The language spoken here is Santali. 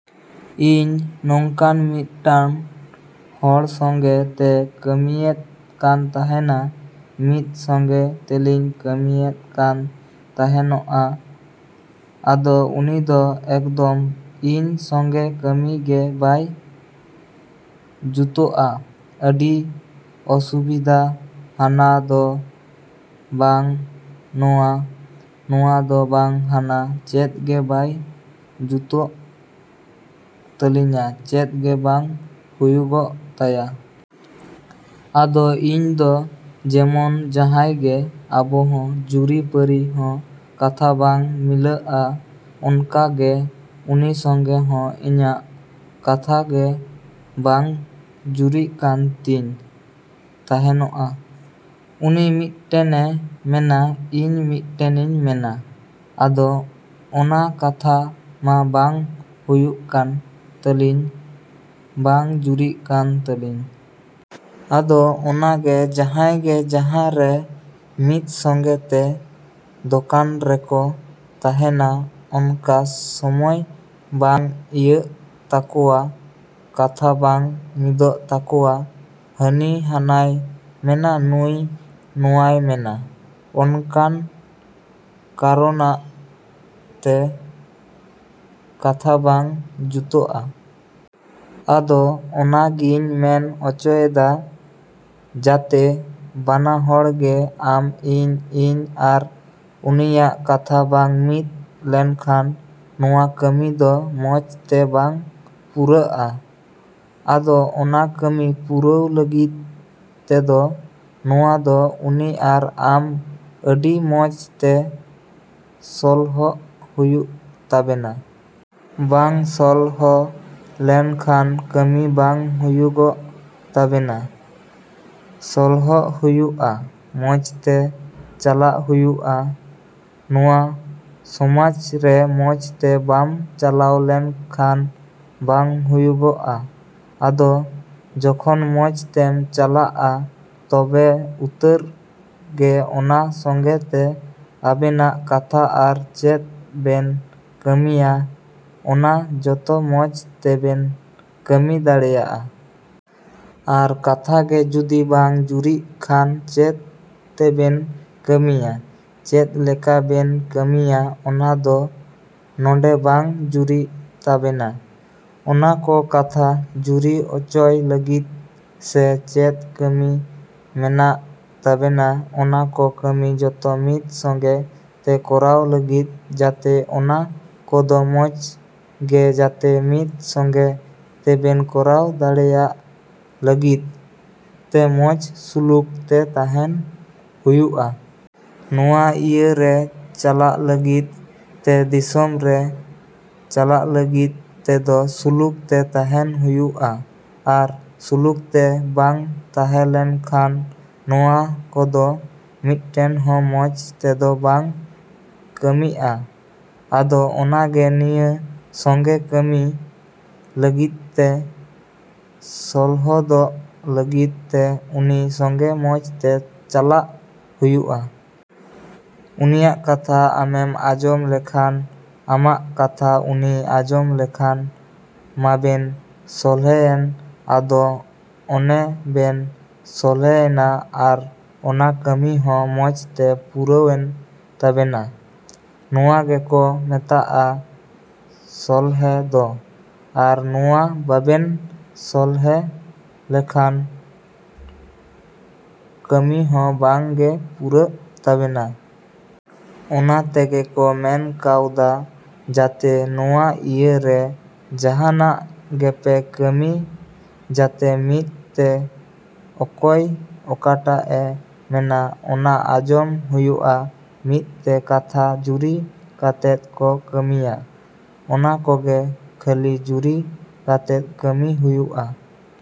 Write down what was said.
ᱤᱧ ᱱᱚᱝᱠᱟᱱ ᱢᱤᱫᱴᱟᱝ ᱦᱚᱲ ᱥᱚᱸᱜᱮ ᱛᱮ ᱠᱟᱹᱢᱤᱭᱮᱫ ᱠᱟᱱ ᱛᱟᱦᱮᱱᱟ᱾ ᱢᱤᱫ ᱥᱚᱸᱜᱮ ᱛᱮᱞᱤᱧ ᱠᱟᱹᱢᱤᱭᱮᱫ ᱠᱟᱱ ᱛᱟᱦᱮᱱᱚᱜ-ᱟ᱾ ᱟᱫᱚ ᱩᱱᱤ ᱫᱚ ᱮᱠᱫᱚᱢ ᱤᱧ ᱥᱚᱸᱜᱮ ᱠᱟᱹᱢᱤ ᱜᱮ ᱵᱟᱭ ᱡᱩᱛᱩᱜ-ᱟ᱾ ᱟᱹᱰᱤ ᱚᱥᱩᱵᱤᱫᱷᱟ, ᱦᱟᱱᱟ ᱫᱚ ᱵᱟᱝ ᱱᱚᱣᱟ, ᱱᱚᱣᱟ ᱫᱚ ᱵᱟᱝ ᱦᱟᱱᱟ ᱪᱮᱫ ᱜᱮ ᱵᱟᱭ ᱡᱩᱛᱩᱜ ᱛᱟᱹᱞᱤᱧᱟ, ᱪᱮᱫ ᱜᱮ ᱵᱟᱝ ᱦᱩᱭᱩᱜᱚᱜ ᱛᱟᱭᱟ᱾ ᱟᱫᱚ ᱤᱧ ᱫᱚ ᱡᱮᱢᱚᱱ ᱡᱟᱦᱟᱸᱭ ᱜᱮ ᱟᱵᱚ ᱦᱚᱸ ᱡᱩᱨᱤᱼᱯᱟᱹᱨᱤ ᱦᱚᱸ ᱠᱟᱛᱷᱟ ᱵᱟᱝ ᱢᱤᱞᱟᱹᱜᱼᱟ, ᱚᱱᱠᱟ ᱜᱮ ᱩᱱᱤ ᱥᱚᱸᱜᱮ ᱦᱚᱸ ᱤᱧᱟᱹᱜ ᱠᱟᱛᱷᱟ ᱜᱮ ᱵᱟᱝ ᱡᱩᱨᱤᱜ ᱠᱟᱱ ᱛᱤᱧ ᱛᱟᱦᱮᱱᱚᱜ-ᱟ᱾ ᱩᱱᱤ ᱢᱤᱫᱴᱮᱱᱮ ᱢᱮᱱᱟ, ᱤᱧ ᱢᱤᱫᱴᱮᱱᱤᱧ ᱢᱮᱱᱟ᱾ ᱟᱫᱚ ᱚᱱᱟ ᱠᱟᱛᱷᱟ ᱢᱟ ᱵᱟᱝ ᱦᱩᱭᱩᱜ ᱠᱟᱱ ᱛᱟᱹᱞᱤᱧ, ᱵᱟᱝ ᱡᱩᱨᱤᱜ ᱠᱟᱱ ᱛᱟᱹᱞᱤᱧ᱾ ᱟᱫᱚ ᱚᱱᱟ ᱜᱮ ᱡᱟᱦᱟᱸᱭ ᱜᱮ ᱡᱟᱦᱟᱸ ᱨᱮ ᱢᱤᱫ ᱥᱚᱸᱜᱮ ᱛᱮ ᱫᱚᱠᱟᱱ ᱨᱮᱠᱚ ᱛᱟᱦᱮᱱᱟ ᱚᱱᱠᱟ ᱥᱚᱢᱚᱭ ᱵᱟᱝ ᱤᱭᱟᱹᱜ ᱛᱟᱠᱚᱣᱟ ᱠᱟᱛᱷᱟ ᱵᱟᱝ ᱢᱤᱫᱚᱜ ᱛᱟᱠᱚᱣᱟ᱾ ᱦᱟᱹᱱᱤ ᱦᱟᱱᱟᱭ ᱢᱮᱱᱟ, ᱱᱩᱭ ᱱᱚᱣᱟᱭ ᱢᱮᱱᱟ᱾ ᱚᱱᱠᱟᱱ ᱠᱟᱨᱚᱱᱟᱜ ᱛᱮ ᱠᱟᱛᱷᱟ ᱵᱟᱝ ᱡᱩᱛᱩᱜ-ᱟ᱾ ᱟᱫᱚ ᱚᱱᱟ ᱜᱤᱧ ᱢᱮᱱ ᱚᱪᱚᱭᱮᱫᱟ ᱡᱟᱛᱮ ᱵᱟᱱᱟ ᱦᱚᱲ ᱜᱮ ᱟᱢ, ᱤᱧ, ᱤᱧ ᱟᱨ ᱩᱱᱤᱭᱟᱜ ᱠᱟᱛᱷᱟ ᱵᱟᱝ ᱢᱤᱫ ᱞᱮᱱᱠᱷᱟᱱ ᱱᱚᱣᱟ ᱠᱟᱹᱢᱤ ᱫᱚ ᱢᱚᱡᱽ ᱛᱮ ᱵᱟᱝ ᱯᱩᱨᱟᱹᱜ-ᱟ᱾ ᱟᱫᱚ ᱚᱱᱟ ᱠᱟᱹᱢᱤ ᱯᱩᱨᱟᱹᱣ ᱞᱟᱹᱜᱤᱫ ᱛᱮᱫᱚ ᱱᱚᱣᱟ ᱫᱚ ᱩᱱᱤ ᱟᱨ ᱟᱢ ᱟᱹᱰᱤ ᱢᱚᱡᱽ ᱛᱮ ᱥᱚᱞᱦᱚᱜ ᱦᱩᱭᱩᱜ ᱛᱟᱵᱮᱱᱟ᱾ ᱵᱟᱝ ᱥᱚᱞᱦᱚ ᱞᱮᱱ ᱠᱷᱟᱱ ᱠᱟᱹᱢᱤ ᱵᱟᱝ ᱦᱩᱭᱩᱜᱚᱜ ᱛᱟᱵᱮᱱᱟ᱾ ᱥᱚᱞᱦᱚᱜ ᱦᱩᱭᱩᱜ-ᱟ, ᱢᱚᱡᱽ ᱛᱮ ᱪᱟᱞᱟᱜ ᱦᱩᱭᱩᱜ-ᱟ᱾ ᱱᱚᱣᱟ ᱥᱚᱢᱟᱡᱽ ᱨᱮ ᱢᱚᱡᱽ ᱛᱮ ᱵᱟᱢ ᱪᱟᱞᱟᱣ ᱞᱮᱱ ᱠᱷᱟᱱ ᱵᱟᱝ ᱦᱩᱭᱩᱜᱚᱜ-ᱟ᱾ ᱟᱫᱚ ᱡᱚᱠᱷᱚᱱ ᱢᱚᱡᱽ ᱛᱮᱢ ᱪᱟᱞᱟᱜ-ᱟ ᱛᱚᱵᱮ ᱩᱛᱟᱹᱨ ᱜᱮ ᱚᱱᱟ ᱥᱚᱸᱜᱮ ᱛᱮ ᱟᱵᱮᱱᱟᱜ ᱠᱟᱛᱷᱟ ᱟᱨ ᱪᱮᱫ ᱵᱮᱱ ᱠᱟᱹᱢᱤᱭᱟ ᱚᱱᱟ ᱡᱚᱛᱚ ᱢᱚᱡᱽ ᱛᱮᱵᱮᱱ ᱠᱟᱹᱢᱤ ᱫᱟᱲᱮᱭᱟᱜ-ᱟ᱾ ᱟᱨ ᱠᱟᱛᱷᱟ ᱜᱮ ᱡᱩᱫᱤ ᱵᱟᱝ ᱡᱩᱨᱤᱜ ᱠᱷᱟᱱ ᱪᱮᱫ ᱛᱮᱵᱮᱱ ᱠᱟᱹᱢᱤᱭᱟ? ᱪᱮᱫ ᱞᱮᱠᱟ ᱵᱮᱱ ᱠᱟᱹᱢᱤᱭᱟ? ᱚᱱᱟ ᱫᱚ ᱱᱚᱰᱮ ᱵᱟᱝ ᱡᱩᱨᱤᱜ ᱛᱟᱵᱮᱱᱟ᱾ ᱚᱱᱟ ᱠᱚ ᱠᱟᱛᱷᱟ ᱡᱩᱨᱤ ᱚᱪᱚᱭ ᱞᱟᱹᱜᱤᱫ ᱥᱮ ᱪᱮᱫ ᱠᱟᱹᱢᱤ ᱢᱮᱱᱟᱜ ᱛᱟᱵᱮᱱᱟ ᱚᱱᱟ ᱠᱚ ᱠᱟᱹᱢᱤ ᱡᱚᱛᱚ ᱢᱤᱫ ᱥᱚᱸᱜᱮ ᱛᱮ ᱠᱚᱨᱟᱣ ᱞᱟᱹᱜᱤᱫ ᱡᱟᱛᱮ ᱚᱱᱟ ᱠᱚᱫᱚ ᱢᱚᱡᱽ ᱜᱮ ᱡᱟᱛᱮ ᱢᱤᱫ ᱥᱚᱸᱜᱮ ᱛᱮᱵᱮᱱ ᱠᱚᱨᱟᱣ ᱫᱟᱲᱮᱭᱟᱜ ᱞᱟᱹᱜᱤᱫ ᱛᱮ ᱢᱚᱡᱽ ᱥᱩᱞᱩᱠ ᱛᱮ ᱛᱟᱦᱮᱱ ᱦᱩᱭᱩᱜ-ᱟ᱾ ᱱᱚᱣᱟ ᱤᱭᱟᱹ ᱨᱮ ᱪᱟᱞᱟᱜ ᱞᱟᱹᱜᱤᱫ ᱛᱮ ᱫᱤᱥᱚᱢ ᱨᱮ ᱪᱟᱞᱟᱜ ᱞᱟᱹᱜᱤᱫ ᱛᱮᱫᱚ ᱥᱩᱞᱩᱠ ᱛᱮ ᱛᱟᱦᱮᱱ ᱦᱩᱭᱩᱜ-ᱟ᱾ ᱟᱨ ᱥᱩᱞᱩᱠ ᱛᱮ ᱵᱟᱝ ᱛᱟᱦᱮᱸᱞᱮᱱ ᱠᱷᱟᱱ ᱱᱚᱣᱟ ᱠᱚᱫᱚ ᱢᱤᱫᱴᱮᱱ ᱦᱚᱸ ᱢᱚᱡᱽ ᱛᱮᱫᱚ ᱵᱟᱝ ᱠᱟᱹᱢᱤᱜ-ᱟ᱾ ᱟᱫᱚ ᱚᱱᱟ ᱜᱮ ᱱᱤᱭᱟᱹ ᱥᱚᱸᱜᱮ ᱠᱟᱹᱢᱤ ᱞᱟᱹᱜᱤᱫ ᱛᱮ ᱥᱚᱞᱦᱚᱫᱚᱜ ᱞᱟᱹᱜᱤᱫ ᱛᱮ ᱩᱱᱤ ᱥᱚᱸᱜᱮ ᱢᱚᱡᱽ ᱛᱮ ᱪᱟᱞᱟᱜ ᱦᱩᱭᱩᱜ-ᱟ᱾ ᱩᱱᱤᱭᱟᱜ ᱠᱟᱛᱷᱟ ᱟᱢᱮᱢ ᱟᱸᱡᱚᱢ ᱞᱮᱠᱷᱟᱱ ᱟᱢᱟᱜ ᱠᱟᱛᱷᱟ ᱩᱱᱤᱭ ᱟᱸᱡᱚᱢ ᱞᱮᱠᱷᱟᱱ ᱢᱟᱵᱮᱱ ᱥᱚᱞᱦᱮᱭᱮᱱ᱾ ᱟᱫᱚ ᱚᱱᱮ ᱵᱮᱱ ᱥᱚᱞᱦᱮᱭᱮᱱᱟ᱾ ᱟᱨ ᱚᱱᱟ ᱠᱟᱹᱢᱤ ᱦᱚᱸ ᱢᱚᱡᱽ ᱛᱮ ᱯᱩᱨᱟᱹᱣᱮᱱ ᱛᱟᱵᱮᱱᱟ᱾ ᱱᱚᱣᱟ ᱜᱮᱠᱚ ᱢᱮᱛᱟᱜ-ᱟ ᱥᱚᱞᱦᱮ ᱫᱚ᱾ ᱟᱨ ᱱᱚᱣᱟ ᱵᱟᱵᱮᱱ ᱥᱚᱞᱦᱮ ᱞᱮᱱ ᱠᱷᱟᱱ ᱠᱟᱹᱢᱤ ᱦᱚᱸ ᱵᱟᱝ ᱜᱮ ᱯᱩᱨᱟᱹᱜ ᱛᱟᱵᱮᱱᱟ᱾ ᱚᱱᱟ ᱛᱮᱜᱮ ᱠᱚ ᱢᱮᱱ ᱠᱟᱣᱟᱫᱟ ᱡᱟᱛᱮ ᱱᱚᱣᱟ ᱤᱭᱟᱹ ᱨᱮ ᱡᱟᱦᱟᱱᱟᱜ ᱜᱮᱯᱮ ᱠᱟᱹᱢᱤ ᱡᱟᱛᱮ ᱢᱤᱫ ᱛᱮ ᱚᱠᱚᱭ ᱚᱠᱟᱴᱟᱜ-ᱮ ᱢᱮᱱᱟ ᱚᱱᱟ ᱟᱸᱡᱚᱢ ᱦᱩᱭᱩᱜ-ᱟ᱾ ᱢᱤᱫ ᱛᱮ ᱠᱟᱛᱷᱟ ᱡᱩᱨᱤ ᱠᱟᱛᱮᱫ ᱠᱚ ᱠᱟᱹᱢᱤᱭᱟ᱾ ᱚᱱᱟ ᱠᱚᱜᱮ ᱠᱷᱟᱹᱞᱤ ᱡᱩᱨᱤ ᱠᱟᱛᱮᱫ ᱠᱟᱹᱢᱤ ᱦᱩᱭᱩᱜ-ᱟ᱾।